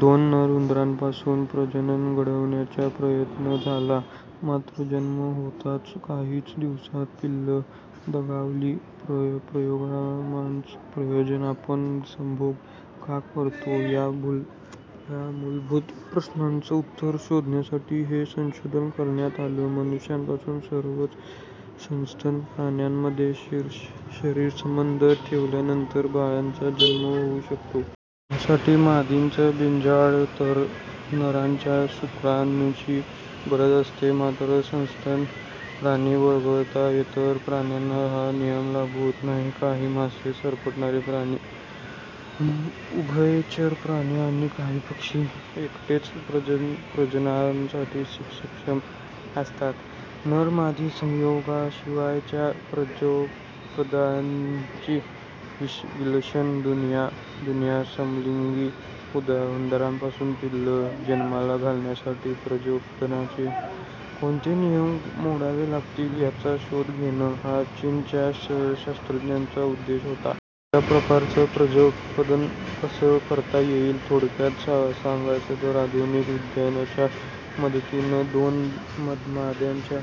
दोन नर उंदरांपासून प्रजनन घडवण्याचा प्रयत्न झाला. मात्र जन्म होताच काहीच दिवसांत पिल्लं दगावली. प्रयोगामागचं प्रयोजन आपण संभोग का करतो, या मूलभूत प्रश्नाचं उत्तर शोधण्यासाठी हे संशोधन करण्यात आलं. मनुष्यापासून सर्वच सस्तन प्राण्यांमध्ये शरीरसंबंध ठेवल्यानंतरच बाळाचा जन्म होऊ शकतो. त्यासाठी मादीचं बिजांड तर नराच्या शुक्राणुंची गरज असते. मात्र सस्तन प्राणी वगळता इतर प्राण्यांना हा नियम लागू होत नाही. काही मासे, सरपटणारे प्राणी, उभयचर प्राणी आणि काही पक्षी एकटेच प्रजननासाठी सक्षम असतात. नर-मादी संयोगाशिवायच्या प्रजोत्पादनाची विलक्षण दुनिया समलिंगी उंदरांपासून पिल्लं जन्माला घालण्यासाठी प्रजोत्पादनाचे कोणते नियम मोडावे लागतील, याचा शोध घेणं, हा चीनच्या शास्त्रज्ञांचा उद्देश होता. अशा प्रकारचं प्रजोत्पादन कसं करता येईल? थोडक्यात सांगायचं तर आधुनिक विज्ञानाच्या मदतीनं दोन माद्यांच्या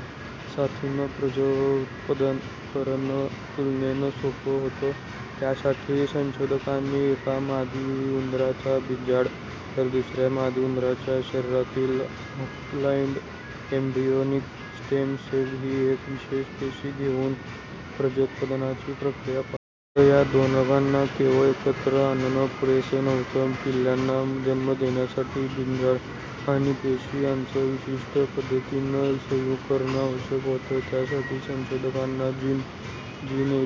साथीनं प्रजोत्पादन करणं तुलनेनं सोप होतं. त्यासाठी संशोधकांनी एका मादी उंदराचं बिजांड तर दुसऱ्या मादी उंदराच्या शरिरातील हॅपलॉईड एम्ब्रियॉनिक स्टेम सेल ही एक विशेष पेशी घेऊन प्रजोत्पादनाची प्रक्रिया पार मात्र या दोघांना केवळ एकत्र आणणं पुरेसं नव्हतं. पिल्लांना जन्म देण्यासाठी बिजांड आणि पेशी यांचं विशिष्ट पद्धतीनं संयुग करणं आवश्यक होतं. त्यासाठी संशोधकांना जिन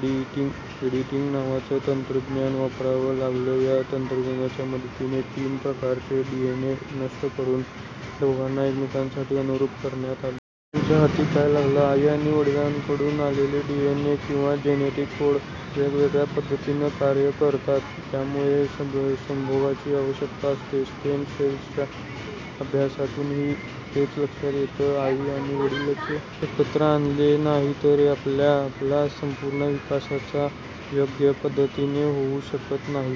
एडिटिंग नावाचं तंत्रज्ञान वापरावं लागलं. या तंत्रज्ञानाच्या मदतीने तीन प्रकारचे डीएनए नष्ट करून दोघांना एकमेकांसाठी अनुरुप करण्यात आलं. च्या हाती काय लागलं? आई आणि वडिलांकडून आलेले डीएनए किंवा जेनेटिक कोड वेगवेगळ्या पद्धतीनं कार्य करतात. त्यामुळे संभोगाची आवश्यकता असते. स्टेम सेलच्या अभ्यासातूनही हेच लक्षात येतं. आई आणि वडिलांचे डीएनए एकत्र आले नाही तर आपला संपूर्ण विकासाच योग्य पद्धतीने होऊ शकत नाही.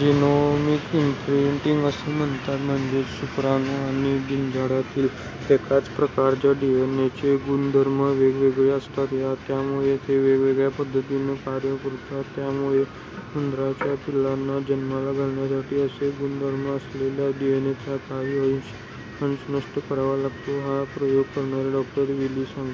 जिनोमिक इम्प्रिंटिंग असं म्हणतात. म्हणजेच शुक्राणू आणि बिजांडातील एकाच प्रकारच्या डीएनएचे गुणधर्म वेगवगळे असतात. त्यामुळे ते वेगवेगळ्या पद्धतीनं कार्य करतात. त्यामुळे उंदरांच्या पिल्लांना जन्माला घालण्यासाठी असे गुणधर्म असलेल्या डीएनएचा काही अंश नष्ट करावा लागतो. हा प्रयोग करणारे डॉ. वी ली सांगतात,